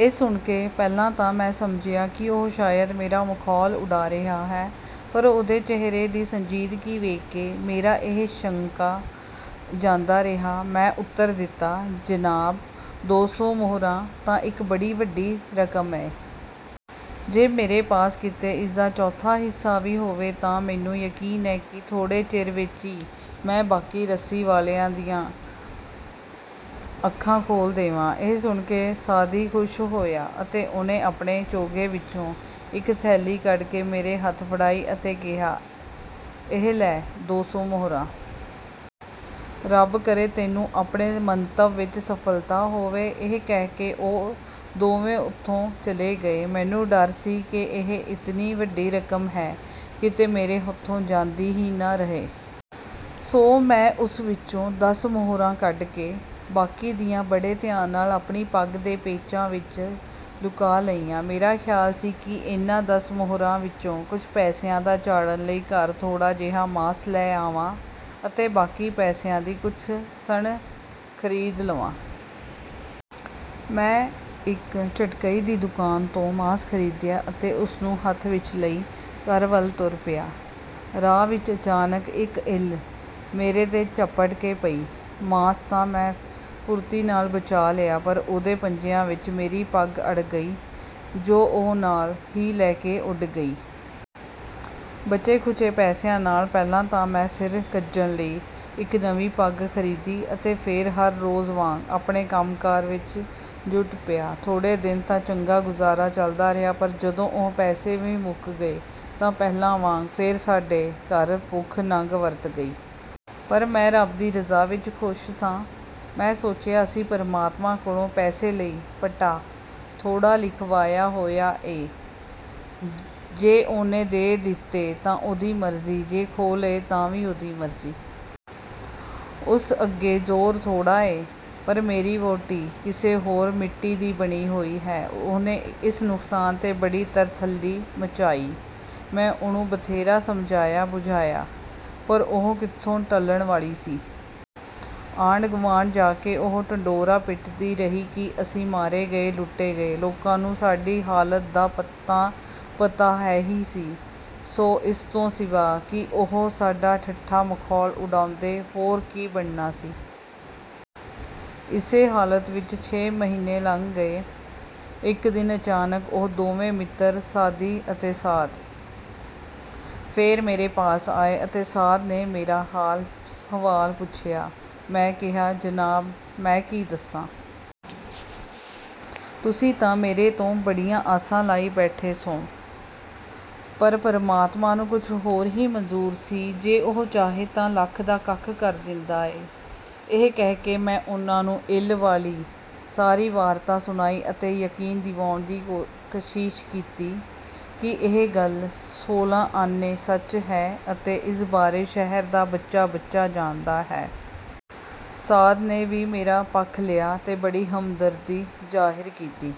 " ਇਹ ਸੁਣ ਕੇ ਪਹਿਲਾਂ ਤਾਂ ਮੈਂ ਸਮਝਿਆ ਕਿ ਉਹ ਸ਼ਾਇਦ ਮੇਰਾ ਮਖੌਲ ਉਡਾ ਰਿਹਾ ਹੈ, ਪਰ ਉਹਦੇ ਚਿਹਰੇ ਦੀ ਸੰਜੀਦਗੀ ਵੇਖ ਕੇ ਮੇਰਾ ਇਹ ਸ਼ੰਕਾ ਜਾਂਦਾ ਰਿਹਾ। ਮੈਂ ਉੱਤਰ ਦਿੱਤਾ, "ਜਨਾਬ, ਦੋ ਸੌ ਮੋਹਰਾਂ ਤਾਂ ਇਕ ਬੜੀ ਵੱਡੀ ਰਕਮ ਏ। ਜੇ ਮੇਰੇ ਪਾਸ ਕਿਤੇ ਇਸ ਦਾ ਚੌਥਾ ਹਿੱਸਾ ਵੀ ਹੋਵੇ ਤਾਂ ਮੈਨੂੰ ਯਕੀਨ ਏ ਕਿ ਥੋੜ੍ਹੇ ਚਿਰ ਵਿਚ ਈ ਮੈਂ ਬਾਕੀ ਰੱਸੀ ਵਾਲਿਆਂ ਦੀਆਂ ਅੱਖਾਂ ਖੋਲ੍ਹ ਦੇਵਾਂ। " ਇਹ ਸੁਣ ਕੇ ਸਾਅਦੀ ਖੁਸ਼ ਹੋਇਆ ਅਤੇ ਉਹਨੇ ਆਪਣੇ ਚੋਗੇ ਵਿਚੋਂ ਇਕ ਥੈਲੀ ਕਢ ਕੇ ਮੇਰੇ ਹੱਥ ਫੜਾਈ ਅਤੇ ਕਿਹਾ, "ਇਹ ਲੈ ਦੋ ਸੌ ਮੁਹਰਾਂ! ਰੱਬ ਕਰੇ ਤੈਨੂੰ ਆਪਣੇ ਮੰਤਵ ਵਿਚ ਸਫਲਤਾ ਹੋਵੇ। " ਇਹ ਕਹਿ ਕੇ ਉਹ ਦੋਵੇਂ ਉੱਥੋਂ ਚਲੇ ਗਏ। ਮੈਨੂੰ ਡਰ ਸੀ ਕਿ ਇਹ ਇਤਨੀ ਵੱਡੀ ਰਕਮ ਹੈ, ਕਿਤੇ ਮੇਰੇ ਹੱਥੋਂ ਜਾਂਦੀ ਹੀ ਨ ਰਹੇ। ਸੋ ਮੈਂ ਉਸ ਵਿਚੋਂ ਦਸ ਮੁਹਰਾਂ ਕੱਢ ਕੇ ਬਾਕੀ ਦੀਆਂ ਬੜੇ ਧਿਆਨ ਨਾਲ ਆਪਣੀ ਪੱਗ ਦੇ ਪੇਚਾਂ ਵਿਚ ਲੁਕਾ ਲਈਆਂ। ਮੇਰਾ ਖ਼ਿਆਲ ਸੀ ਕਿ ਇਹਨਾਂ ਦਸ ਮੁਹਰਾਂ ਵਿਚੋਂ ਕੁਝ ਪੈਸਿਆਂ ਦਾ ਚਾੜ੍ਹਨ ਲਈ ਘਰ ਥੋੜ੍ਹਾ ਜਿਹਾ ਮਾਸ ਲੈ ਜਾਵਾਂ ਅਤੇ ਬਾਕੀ ਪੈਸਿਆਂ ਦੀ ਕੁਝ ਸਣ ਖ਼ਰੀਦ ਲਵਾਂ। ਮੈਂ ਇਕ ਝਟਕਈ ਦੀ ਦੁਕਾਨ ਤੋਂ ਮਾਸ ਖ਼ਰੀਦਿਆ ਅਤੇ ਉਸ ਨੂੰ ਹੱਥ ਵਿਚ ਲਈ ਘਰ ਵਲ ਤੁਰ ਪਿਆ। ਰਾਹ ਵਿਚ ਅਚਾਨਕ ਇਕ ਇੱਲ ਮੇਰੇ ਤੇ ਝੱਪਟ ਕੇ ਪਈ। ਮਾਸ ਤਾਂ ਮੈਂ ਫੁਰਤੀ ਨਾਲ ਬਚਾ ਲਿਆ, ਪਰ ਉਹਦੇ ਪੰਜਿਆਂ ਵਿਚ ਮੇਰੀ ਪੱਗ ਅੜ ਗਈ ਜੋ ਉਹ ਨਾਲ ਹੀ ਲੈ ਕੇ ਉੱਡ ਗਈ। ਬਚੇ ਖੁਚੇ ਪੈਸਿਆਂ ਨਾਲ ਪਹਿਲਾਂ ਤਾਂ ਮੈਂ ਸਿਰ ਕੱਜਣ ਲਈ ਇਕ ਨਵੀਂ ਪੱਗ ਖ਼ਰੀਦੀ, ਅਤੇ ਫੇਰ ਹਰ ਰੋਜ਼ ਵਾਂਗ ਆਪਣੇ ਕੰਮ ਕਾਰ ਵਿਚ ਜੁਟ ਪਿਆ। ਥੋੜ੍ਹੇ ਦਿਨ ਤਾਂ ਚੰਗਾ ਗੁਜ਼ਾਰਾ ਚਲਦਾ ਰਿਹਾ, ਪਰ ਜਦੋਂ ਉਹ ਪੈਸੇ ਵੀ ਮੁਕ ਗਏ ਤਾਂ ਪਹਿਲਾਂ ਵਾਂਗ ਫੇਰ ਸਾਡੇ ਘਰ ਭੁੱਖ ਨੰਗ ਵਰਤ ਗਈ। ਪਰ ਮੈਂ ਰਬ ਦੀ ਰਜ਼ਾ ਵਿਚ ਖ਼ੁਸ਼ ਸਾਂ। ਮੈਂ ਸੋਚਿਆ, "ਅਸੀਂ ਪਰਮਾਤਮਾ ਕੋਲੋਂ ਪੈਸੇ ਲਈ ਪਟਾ ਥੋੜ੍ਹਾ ਲਿਖਵਾਇਆ ਹੋਇਆ ਏ! ਜੇ ਉਹਨੇ ਦੇ ਦਿੱਤੇ ਤਾਂ ਉਹਦੀ ਮਰਜ਼ੀ, ਜੇ ਖੋਹ ਲਏ ਤਾਂ ਵੀ ਉਹਦੀ ਮਰਜ਼ੀ! ਉਸ ਅੱਗੇ ਜ਼ੋਰ ਥੋੜ੍ਹਾ ਏ। " ਪਰ ਮੇਰੀ ਵਹੁਟੀ ਕਿਸੇ ਹੋਰ ਮਿੱਟੀ ਦੀ ਬਣੀ ਹੋਈ ਹੈ। ਉਹਨੇ ਇਸ ਨੁਕਸਾਨ ਤੇ ਬੜੀ ਤਰਥੱਲੀ ਮਚਾਈ। ਮੈਂ ਉਹਨੂੰ ਬਥੇਰਾ ਸਮਝਾਇਆ ਬੁਝਾਇਆ, ਪਰ ਉਹ ਕਿਥੋਂ ਟਲਣ ਵਾਲੀ ਸੀ! ਆਂਢ ਗਵਾਂਢ ਜਾ ਕੇ ਉਹ ਢੰਡੋਰਾ ਪਿਟਦੀ ਰਹੀ ਕਿ ਅਸੀਂ ਮਾਰੇ ਗਏ, ਲੁਟੇ ਗਏ! ਲੋਕਾਂ ਨੂੰ ਸਾਡੀ ਹਾਲਤ ਦਾ ਤਾਂ ਪਤਾ ਹੈ ਹੀ ਸੀ। ਸੋ ਇਸ ਤੋਂ ਸਿਵਾ ਕਿ ਉਹ ਸਾਡਾ ਠੱਠਾ ਮਖੌਲ ਉਡਾਉਂਦੇ ਹੋਰ ਕੀ ਬਣਨਾ ਸੀ। ਇਸੇ ਹਾਲਤ ਵਿਚ ਛੇ ਮਹੀਨੇ ਲੰਘ ਗਏ। ਇਕ ਦਿਨ ਅਚਾਨਕ ਉਹ ਦੋਵੇਂ ਮਿੱਤਰ, ਸਾਅਦੀ ਅਤੇ ਸਾਅਦ, ਫੇਰ ਮੇਰੇ ਪਾਸ ਆਏ ਅਤੇ ਸਾਅਦ ਨੇ ਮੇਰਾ ਹਾਲ ਹਵਾਲ ਪੁੱਛਿਆ! ਮੈਂ ਕਿਹਾ, "ਜਨਾਬ, ਮੈਂ ਕੀ ਦੱਸਾਂ! ਤੁਸੀਂ ਤਾਂ ਮੇਰੇ ਤੇ ਬੜੀਆਂ ਆਸਾਂ ਲਾਈ ਬੈਠੇ ਸੌ। ਪਰ ਪਰਮਾਤਮਾਂ ਨੂੰ ਕੁਝ ਹੋਰ ਹੀ ਮਨਜ਼ੂਰ ਸੀ! ਜੇ ਉਹ ਚਾਹੇ ਤਾਂ ਲੱਖ ਦਾ ਕੱਖ ਕਰ ਦਿੰਦਾ ਏ! ਇਹ ਕਹਿ ਕੇ ਮੈਂ ਉਹਨਾਂ ਨੂੰ ਇੱਲ ਵਾਲੀ ਸਾਰੀ ਵਾਰਤਾ ਸੁਣਾਈ ਅਤੇ ਯਕੀਨ ਦਿਵਾਉਣ ਦੀ ਕਸ਼ਿਸ਼ ਕੀਤੀ ਕਿ ਇਹ ਗਲ ਸੋਲਾਂ ਆਨੇ ਸਚ ਹੈ ਅਤੇ ਇਸ ਬਾਰੇ ਸ਼ਹਿਰ ਦਾ ਬੱਚਾ ਬੱਚਾ ਜਾਣਦਾ ਹੈ। ਸਾਅਦ ਨੇ ਵੀ ਮੇਰਾ ਪੱਖ ਲਿਆ ਤੇ ਬੜੀ ਹਮਦਰਦੀ ਜ਼ਾਹਿਰ ਕੀਤੀ!